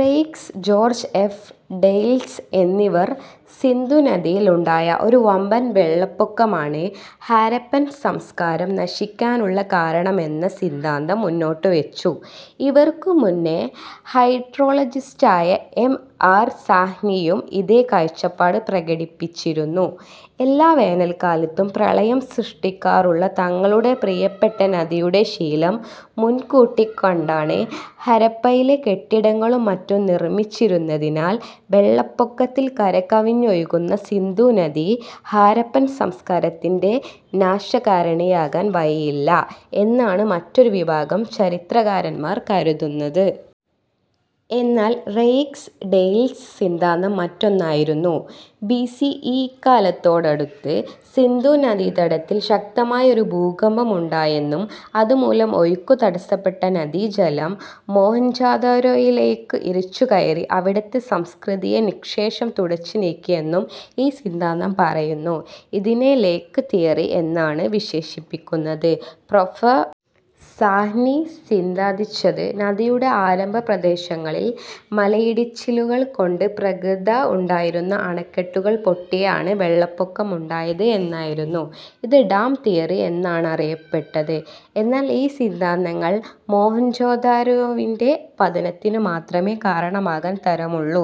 Raikes, George F. Dales എന്നിവർ സിന്ധു നദിയിൽ ഉണ്ടായ ഒരു വമ്പൻ വെള്ളപ്പൊക്കമാണ് ഹാരപ്പൻ സംസ്കാരം നശിക്കാനുള്ള കാരണമെന്ന സിദ്ധാന്തം മുന്നോട്ടുവച്ചു. ഇവർക്കും മുന്നേ ഹൈഡ്രോളജിസ്റ്റായ എം. ആർ. സാഹ്നിയും ഇതേ കാഴ്ചപ്പാട് പ്രകടിപ്പിച്ചിരുന്നു. എല്ലാ വേനൽക്കാലത്തും പ്രളയം സൃഷ്ടിക്കാറുള്ള തങ്ങളുടെ പ്രിയപ്പെട്ട നദിയുടെ ശീലം മുൻകൂട്ടിക്കണ്ടാണ് ഹരപ്പയിലെ കെട്ടിടങ്ങളും മറ്റും നിർമ്മിച്ചിരുന്നതെന്നതിനാൽ വെള്ളപ്പൊക്കത്തിൽ കരകവിഞ്ഞൊഴുകുന്ന സിന്ധു നദി ഹാരപ്പൻ സംസ്കാരത്തിൻ്റെ നാശകാരിണിയാകാൻ വഴിയില്ല എന്നാണ് മറ്റൊരു വിഭാഗം ചരിത്രകാരന്മാർ കരുതുന്നത്. എന്നാൽ റെയ്ക്സ് ഡെയ്ല്സ് സിദ്ധാന്തം മറ്റൊന്നായിരുന്നു. ബി. സി. ഇ കാലത്തോടടുത്ത് സിന്ധുനദീതടത്തിൽ ശക്തമായ ഒരു ഭൂകമ്പമുണ്ടായെന്നും അതുമൂലം ഒഴുക്കു തടസ്സപ്പെട്ട നദീജലം മൊഹെൻജൊദാരോയിലേക്ക് ഇരച്ചുകയറി അവിടത്തെ സംസ്കൃതിയെ നിശ്ശേഷം തുടച്ചുനീക്കി എന്നും ഈ സിദ്ധാന്തം പറയുന്നു. ഇതിനെ ലേക്ക് തിയറി എന്നാണ് വിശേഷിപ്പിക്കുന്നത്. പ്രൊഫ. സാഹ്നി സിദ്ധാന്തിച്ചത് നദിയുടെ ആരംഭപ്രദേശങ്ങളിൽ മലയിടിച്ചിലുകൾ കൊണ്ട് പ്രകൃത്യാ ഉണ്ടായിരുന്ന അണക്കെട്ടുകൾ പൊട്ടിയാണ് വെള്ളപ്പൊക്കം ഉണ്ടായത് എന്നായിരുന്നു. ഇത് ഡാം തിയറി എന്നാണറിയപ്പെട്ടത്. എന്നാൽ ഈ സിദ്ധാന്തങ്ങൾ മൊഹെൻജൊദാരോവിൻ്റെ പതനത്തിനു മാത്രമേ കാരണമാകാൻ തരമുള്ളൂ.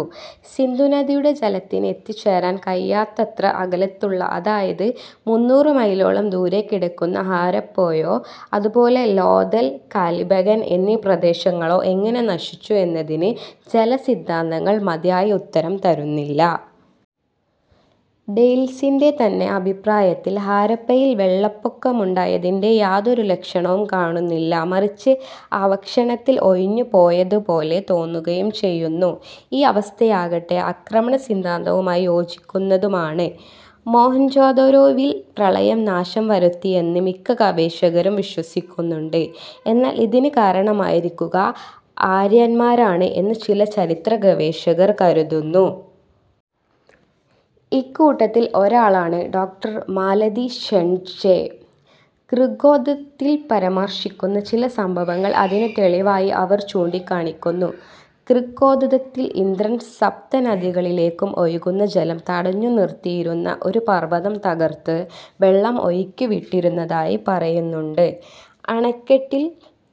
സിന്ധു നദിയുടെ ജലത്തിന് എത്തിച്ചേരാൻ കഴിയാത്തത്ര അകലത്തുള്ള, അതായത് മുന്നൂറു മൈലോളം ദൂരെ കിടക്കുന്ന ഹാരപ്പയോ അതുപോലെ ലോഥൽ, കാലിബഗൻ എന്നീ പ്രദേശങ്ങളോ എങ്ങനെ നശിച്ചു എന്നതിന് ജലസിദ്ധാന്തങ്ങൾ മതിയായ ഉത്തരം തരുന്നില്ല. ഡെയ്ല്സിൻ്റെ തന്നെ അഭിപ്രായത്തിൽ ഹാരപ്പയിൽ വെള്ളപ്പൊക്കമുണ്ടായതിൻ്റെ യാതൊരു ലക്ഷണവും കാണുന്നില്ല. മറിച്ച് അവ ക്ഷണത്തിൽ ഒഴിഞ്ഞുപോയതുപോലെ തോന്നുകയും ചെയ്യുന്നു. ഈ അവസ്ഥയാകട്ടെ ആക്രമണസിദ്ധാന്തവുമായി യോജിക്കുന്നതുമാണ്. മൊഹെൻജൊദാരോവിൽ പ്രളയം നാശം വരുത്തിയെന്ന് മിക്ക ഗവേഷകരും വിശ്വസിക്കുന്നുണ്ട്. എന്നാൽ ഇതിന് കാരണമായിരിക്കുക ആര്യന്മാരാണ് എന്ന് ചില ചരിത്രഗവേഷകർ കരുതുന്നു. ഇക്കൂട്ടത്തിൽ ഒരാളാണ് ഡോ. മാലതി ഷെണ്ഡ്ജേ. ഋഗ്വേദത്തിൽ പരാമർശിക്കുന്ന ചില സംഭവങ്ങൾ അതിനു തെളിവായി അവർ ചൂണ്ടിക്കാണിക്കുന്നു. ഋഗ്വേദത്തിൽ ഇന്ദ്രൻ സപ്തനദികളിലേക്കും ഒഴുകുന്ന ജലം തടഞ്ഞുനിർത്തിയിരുന്ന ഒരു പർവ്വതം തകർത്ത് വെള്ളം ഒഴുക്കിവിട്ടിരുന്നതായി പറയുന്നുണ്ട്. അണക്കെട്ടിൽ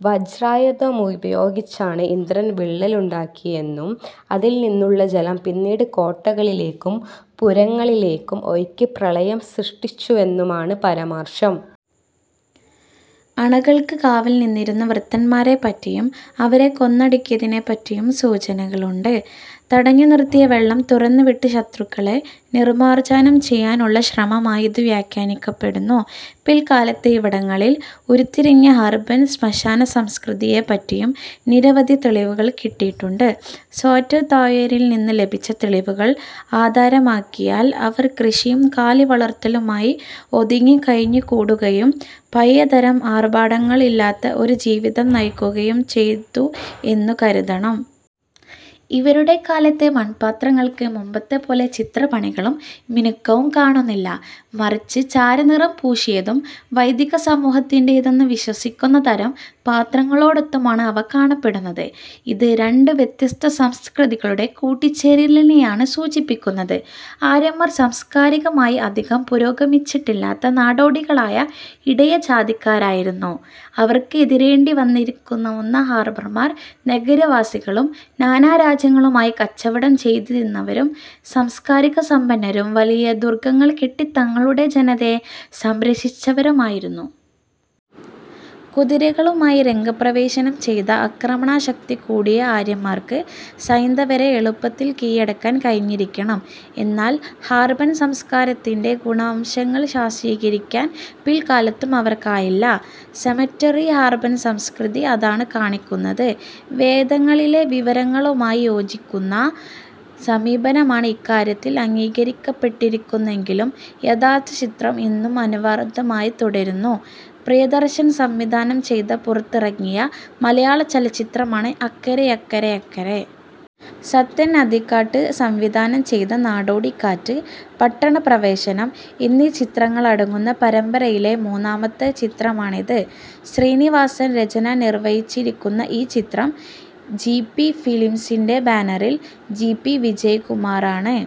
വജ്രായുധമുപയോഗിച്ചാണ് ഇന്ദ്രൻ വിള്ളലുണ്ടാക്കിയെന്നും അതിൽനിന്നുള്ള ജലം പിന്നീട് കോട്ടകളിലേക്കും പുരങ്ങളിലേക്കും ഒഴുക്കി പ്രളയം സൃഷ്ടിച്ചുവെന്നുമാണ് പരാമർശം. അണകൾക്ക് കാവൽ നിന്നിരുന്ന വൃതന്മാരെപ്പറ്റിയും അവരെ കൊന്നൊടുക്കിയതിനെപ്പറ്റിയും സൂചനകളുണ്ട്. തടഞ്ഞുനിർത്തിയ വെള്ളം തുറന്നുവിട്ട് ശത്രുക്കളെ നിർമ്മാർജ്ജനം ചെയ്യാനുള്ള ശ്രമമായി ഇതു വ്യാഖ്യാനിക്കപ്പെടുന്നു. പിൽക്കാലത്ത് ഇവിടങ്ങളിൽ ഉരുത്തിരിഞ്ഞ ഹരപ്പൻ ശ്മശാനസംസ്കൃതിയെപ്പറ്റിയും നിരവധി തെളിവുകൾ കിട്ടിയിട്ടുണ്ട്. സ്വാറ്റ് താഴ്വരയിൽ നിന്നും ലഭിച്ച തെളിവുകൾ ആധാരമാക്കിയാൽ അവർ കൃഷിയും കാലിവളർത്തലുമായി ഒതുങ്ങിക്കഴിഞ്ഞുകൂടുകയും പഴയ തരം ആർഭാടങ്ങൾ ഇല്ലാത്ത ഒരു ജീവിതം നയിക്കുകയും ചെയ്തു എന്നും കരുതണം. ഇവരുടെ കാലത്തെ മൺപാത്രങ്ങൾക്ക് മുൻപത്തെ പോലെ ചിത്രപ്പണികളും മിനുക്കവും കാണുന്നില്ല. മറിച്ച് ചാരനിറം പൂശിയതും വൈദികസമൂഹത്തിന്റേതെന്നു വിശ്വസിക്കുന്ന തരം പാത്രങ്ങളോടൊത്തുമാണ് അവ കാണപ്പെടുന്നത്. ഇത് രണ്ടു വ്യത്യസ്ത സംസ്കൃതികളുടെ കൂടിച്ചേരലിനെയാണ് സൂചിപ്പിക്കുന്നത്. ആര്യന്മാർ സാംസ്കാരികമായി അധികം പുരോഗമിച്ചിട്ടില്ലാത്ത നാടോടികളായ ഇടയജാതിക്കാരായിരുന്നു. അവർക്ക് എതിരിടേണ്ടിവന്നിരിക്കാവുന്ന ഹാരപ്പന്മാർ നഗരവാസികളും നാനാരാജ്യങ്ങളുമായി കച്ചവടം ചെയ്തിരുന്നവരും സംസ്കാരസമ്പന്നരും വലിയ ദുർഗ്ഗങ്ങൾ കെട്ടി തങ്ങളുടെ ജനതയെ സംരക്ഷിച്ചിരുന്നവരുമായിരുന്നു. കുതിരകളുമായി രംഗപ്രവേശം ചെയ്ത ആക്രമണശക്തി കൂടിയ ആര്യന്മാർക്ക് സൈന്ധവരെ എളുപ്പത്തിൽ കീഴടക്കാൻ കഴിഞ്ഞിരിക്കണം. എന്നാൽ ഹാരപ്പൻ സംസ്കാരത്തിൻ്റെ ഗുണവശങ്ങൾ സ്വാംശീകരിക്കാൻ പിൽക്കാലത്തും അവർക്കായില്ല. സെമറ്ററി ഹാരപ്പൻ സംസ്കൃതി അതാണ് കാണിക്കുന്നത്. വേദങ്ങളിലെ വിവരണങ്ങളുമായി യോജിക്കുന്ന സമീപനമാണ് ഇക്കാര്യത്തിൽ അംഗീകരിക്കപ്പെട്ടിരിക്കുന്നതെങ്കിലും യഥാർത്ഥചിത്രം ഇന്നും അനാവൃതമായി തുടരുന്നു. പ്രിയദർശൻ സംവിധാനം ചെയ്ത് പുറത്തിറങ്ങിയ മലയാളചലച്ചിത്രമാണ് അക്കരെയക്കരെയക്കരെ. സത്യൻ അന്തിക്കാട് സംവിധാനം ചെയ്ത നാടോടിക്കാറ്റ്, പട്ടണപ്രവേശം എന്നീ ചിത്രങ്ങളടങ്ങുന്ന പരമ്പരയിലെ മൂന്നാമത്തെ ചിത്രമാണിത്. ശ്രീനിവാസൻ രചന നിർവ്വഹിച്ചിരിക്കുന്ന ഈ ചിത്രം ജി. പി. ഫിലിംസിൻ്റെ ബാനറിൽ ജി. പി. വിജയകുമാറാണ്